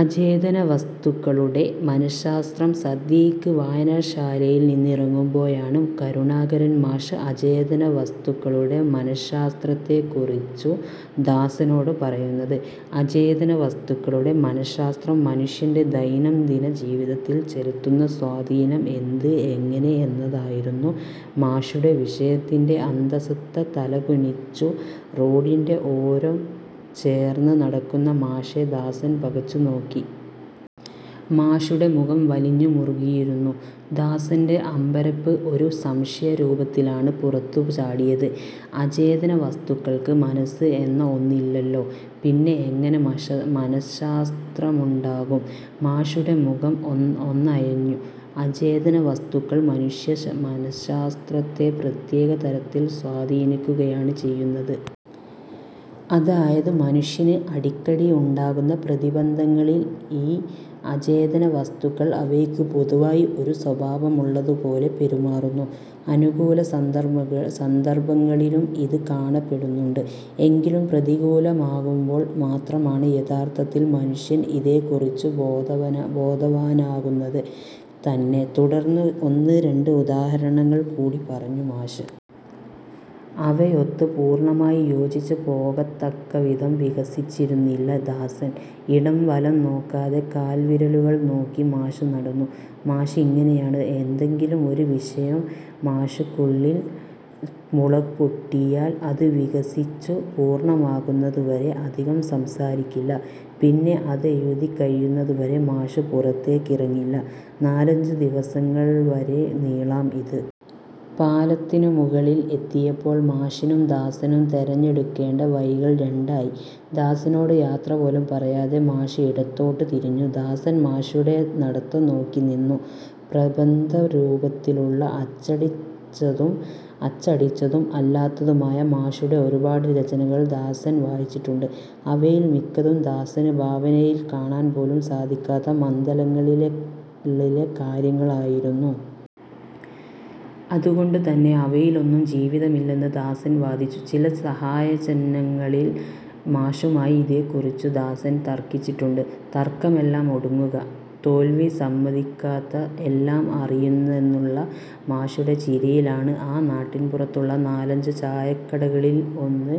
അചേതനവസ്തുക്കളുടെ മനശ്ശാസ്ത്രം സന്ധ്യയ്ക്ക് വായനശാലയിൽ നിന്നിറങ്ങുമ്പോഴാണ് കരുണാകരൻ മാഷ് അചേതനവസ്തുക്കളുടെ മനശ്ശാസ്ത്രത്തെക്കുറിച്ചു ദാസനോട് പറയുന്നത്. അചേതനവസ്തുക്കളുടെ മനശ്ശാസ്ത്രം മനുഷ്യന്റെ ദൈനം ദിന ജീവിതത്തിൽ ചെലുത്തുന്ന സ്വാധീനം എന്ത്, എങ്ങനെ എന്നതായിരുന്നു മാഷുടെ വിഷയത്തിന്റെ അന്തസത്ത. തലകുനിച്ചു റോഡിന്റെ ഓരം ചേർന്ന് നടക്കുന്ന മാഷെ ദാസൻ പകച്ചുനോക്കി. മാഷുടെ മുഖം വലിഞ്ഞു മുറുകിയിരുന്നു. ദാസന്റെ അമ്പരപ്പ് ഒരു സംശയരൂപത്തിലാണ് പുറത്തു ചാടിയത്. '' അചേതന വസ്തുക്കൾക്ക് മനസ്സ് എന്ന ഒന്നില്ലല്ലോ, പിന്നെ എങ്ങനെ മനശ്ശാസ്ത്രമുണ്ടാകും? '' മാഷുടെ മുഖം ഒന്നയഞ്ഞു. '' അചേതന വസ്തുക്കൾ മനുഷ്യ മനശ്ശാസ്ത്രത്തെ പ്രത്യേക തരത്തിൽ സ്വാധീനിക്കുകയാണ് ചെയ്യുന്നത്. അതായത് മനുഷ്യന് അടിക്കടി ഉണ്ടാകുന്ന പ്രതിബന്ധങ്ങളിൽ ഈ അചേതന വസ്തുക്കൾ അവയ്ക്ക് പൊതുവായി ഒരു സ്വഭാവമുള്ളതുപോലെ പെരുമാറുന്നു. അനുകൂല സന്ദർഭങ്ങളിലും ഇത് കാണപ്പെടുന്നുണ്ട്. എങ്കിലും പ്രതികൂലമാകുമ്പോൾ മാത്രമാണ് യഥാർത്ഥത്തിൽ മനുഷ്യൻ ഇതേക്കുറിച്ചു ബോധവാനാകുന്നത് തന്നെ '' തുടർന്ന് ഒന്ന് രണ്ട് ഉദാഹരണങ്ങൾ കൂടി പറഞ്ഞു മാഷ്. അവയൊത്ത് പൂർണമായി യോജിച്ചു പോകത്തക്കവിധം വികസിച്ചിരുന്നില്ല ദാസൻ. ഇടം വലം നോക്കാതെ കാൽവിരലുകൾ നോക്കി മാഷ് നടന്നു. മാഷിങ്ങനെയാണ്. ഏന്തെങ്കിലും ഒരു വിഷയം മാഷുക്കുള്ളിൽ മുളപൊട്ടിയാൽ അതുവികസിച്ചു പൂർണ്ണമാകുന്നതുവരെ അധികം സംസാരിക്കില്ല. പിന്നെ അതെഴുതി കഴിയുന്നതുവരെ മാഷ് പുറത്തേക്കിറങ്ങില്ല. നാലഞ്ചു ദിവസങ്ങൾ വരെ നീളാം ഇത്. പാലത്തിനുമുകളിൽ എത്തിയപ്പോൾ മാഷിനും ദാസനും തെരഞ്ഞെടുക്കേണ്ട വഴികൾ രണ്ടായി. ദാസനോട് യാത്രപോലും പറയാതെ മാഷ് ഇടത്തോട്ടു തിരിഞ്ഞു. ദാസൻ മാഷുടെ നടത്തം നോക്കി നിന്നു. പ്രബന്ധരൂപത്തിലുള്ള അച്ചടിച്ചതും അല്ലാത്തതുമായ മാഷുടെ ഒരുപാട് രചനകൾ ദാസൻ വായിച്ചിട്ടുണ്ട്. അവയിൽ മിക്കതും ദാസന് ഭാവനയിൽ കാണാൻ പോലും സാധിക്കാത്ത മണ്ഡലങ്ങളിലെ കാര്യങ്ങളായിരുന്നു. അതുകൊണ്ടുതന്നെ അവയിലൊന്നും ജീവിതമില്ലെന്ന് ദാസൻ വാദിച്ചു. ചില സായാഹ്നങ്ങളിൽ മാഷുമായി ഇതേക്കുറിച്ചു ദാസൻ തർക്കിച്ചിട്ടുണ്ട്. തർക്കമെല്ലാം ഒടുങ്ങുക തോൽവിസമ്മതിക്കാത്ത എല്ലാം അറിയുന്നെന്നുള്ള മാഷുടെ ചിരിയിലാണ്. ആ നാട്ടിൻപുറത്തുള്ള നാലഞ്ചു ചായക്കടകളിൽ ഒന്ന്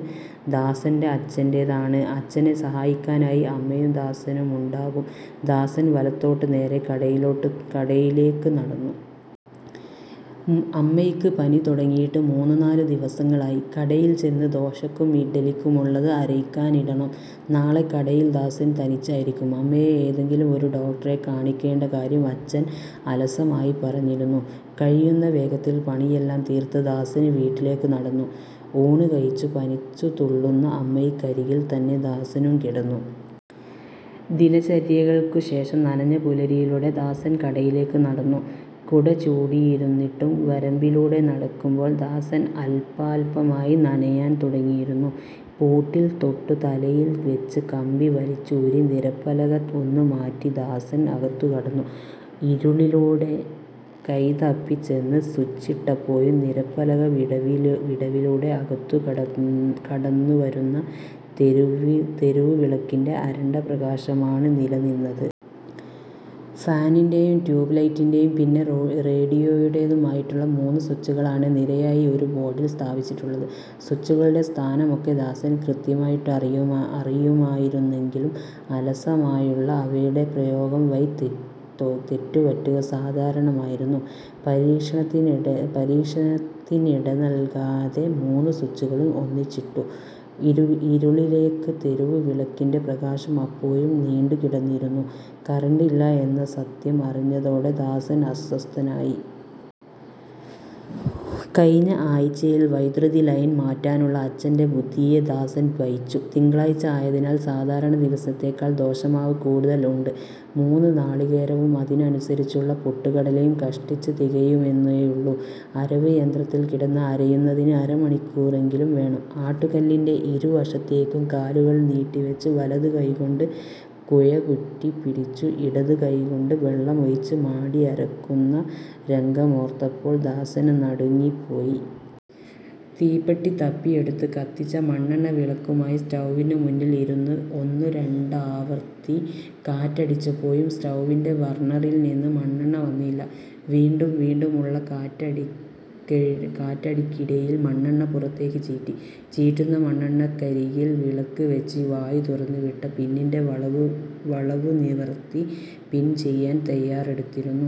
ദാസന്റെ അച്ഛന്റേതാണ്. അച്ഛനെ സഹായിക്കാനായി അമ്മയും ദാസനുമു ണ്ടാകും. ദാസൻ വലത്തോട്ട് നേരെ കടയിലേക്ക് നടന്നു. അമ്മയ്ക്ക് പനി തുടങ്ങിയിട്ട് മൂന്നു നാലു ദിവസങ്ങളായി. കടയിൽ ചെന്ന് ദോശക്കും ഇഡ്ഡലിക്കുമുള്ളത് അരയ്ക്കാനിടണം. നാളെ കടയിൽ ദാസൻ തനിച്ചായിരിക്കും. അമ്മയെ ഏതെങ്കിലും ഒരു ഡോക്ടറെ കാണിക്കേണ്ടകാര്യം അച്ഛൻ അലസമായി പറഞ്ഞിരുന്നു. കഴിയുന്ന വേഗത്തിൽ പണിയെല്ലാം തീർത്ത് ദാസൻ വീട്ടിലേക്കു നടന്നു. ഊണുകഴിച്ചു പനിച്ചുതുള്ളുന്ന അമ്മക്കരികിൽ തന്നെ ദാസനും കിടന്നു. ദിനചര്യകൾക്കുശേഷം നനഞ്ഞ പുലരിയിലൂടെ ദാസൻ കടയിലേക്ക് നടന്നു. കുടചൂടിയിരുന്നിട്ടും വരമ്പിലൂടെ നടക്കുമ്പോൾ ദാസൻ അൽപാൽപമായി നനയാൻ തുടങ്ങിയിരുന്നു. പൂട്ടിൽ തൊട്ടുതലയിൽ വെച്ച് കമ്പി വലിച്ചൂരി നിരപ്പലക ഒന്ന് മാറ്റി ദാസൻ അകത്തുകടന്നു. ഇരുളിലൂടെ കൈതപ്പിചെന്ന് സ്വിച്ചിട്ടപ്പോഴും നിരപ്പലക വിടവിലൂടെ അകത്തുകടന്നുവരുന്ന തെരുവുവിളക്കിന്റെ അരണ്ട പ്രകാശമാണ് നിലനിന്നത്. ഫാനിന്റേയും ട്യൂബ് ലൈറ്റിന്റെയും പിന്നെ റേഡിയോയുടേതുമായിട്ടുള്ള മൂന്നു സ്വിച്ചുകളാണ് നിരയായി ഒരു ബോർഡിൽ സ്ഥാപിച്ചിട്ടുള്ളത്. സ്വിച്ചുകളുടെ സ്ഥാനമൊക്കെ ദാസന് കൃത്യമായിട്ട് അറിയുമായിരുന്നെങ്കിലും അലസമായുള്ള അവയുടെ പ്രയോഗംവഴി തെറ്റുപറ്റുക സാധാരണമായിരുന്നു. പരീക്ഷണത്തിനിടനൽകാതെ മൂന്നു സ്വിച്ചുകളും ഒന്നിച്ചിട്ടു. ഇരുളിലേക്ക് തെരുവ് വിളക്കിന്റെ പ്രകാശം അപ്പോഴും നീണ്ടുകിടന്നിരുന്നു. കറണ്ടില്ല എന്ന സത്യം അറിഞ്ഞതോടെ ദാസൻ അസ്വസ്ഥനായി. കഴിഞ്ഞ ആഴ്ചയിൽ വൈദ്യുതി ലൈൻ മാറ്റാനുള്ള അച്ഛന്റെ ബുദ്ധിയെ ദാസൻ പഴിച്ചു. തിങ്കളാഴ്ച ആയതിനാൽ സാധാരണ ദിവസത്തേക്കാൾ ദോശമാവ് കൂടുതൽ ഉണ്ട്. മൂന്നു നാളികേരവും അതിനനുസരിച്ചുള്ള പൊട്ടുകടലയും കഷ്ടിച്ച് തികയുമെന്നേയുള്ളു. അരവ് യന്ത്രത്തിൽ കിടന്ന് അരയുന്നതിന് അരമണിക്കൂറെങ്കിലും വേണം. ആട്ടുക്കല്ലിന്റെ ഇരു വശത്തേക്കും കാലുകൾ നീട്ടിവെച്ചു വലതു കൈക്കൊണ്ട് കുഴക്കുറ്റി പിടിച്ചു ഇടതു കൈക്കൊണ്ട് വെള്ളം ഒഴിച്ച് മാടി അരക്കുന്ന രംഗമോർത്തപ്പോൾ ദാസൻ നടുങ്ങിപ്പോയി. തീപ്പെട്ടി തപ്പിയെടുത്ത് കത്തിച്ച മണ്ണെണ്ണ വിളക്കുമായി സ്റ്റൗവിനു മുന്നിൽ ഇരുന്നു. ഒന്നുരണ്ടാവർത്തി കാറ്റടിച്ചപ്പോഴും സ്റ്റൗവിന്റെ ബർണറിൽ നിന്ന് മണ്ണെണ്ണ വന്നില്ല. വീണ്ടും വീണ്ടുമുള്ള കാറ്റടിക്കിടയിൽ മണ്ണെണ്ണ പുറത്തേക്ക് ചീറ്റി. ചീറ്റുന്ന മണ്ണെണ്ണക്കരികിൽ വിളക്ക് വെച്ച് വായു തുറന്നുവിട്ട പിന്നിന്റെ വളവുനിവർത്തി പിൻ ചെയ്യാൻ തയാറെടുത്തിരുന്നു.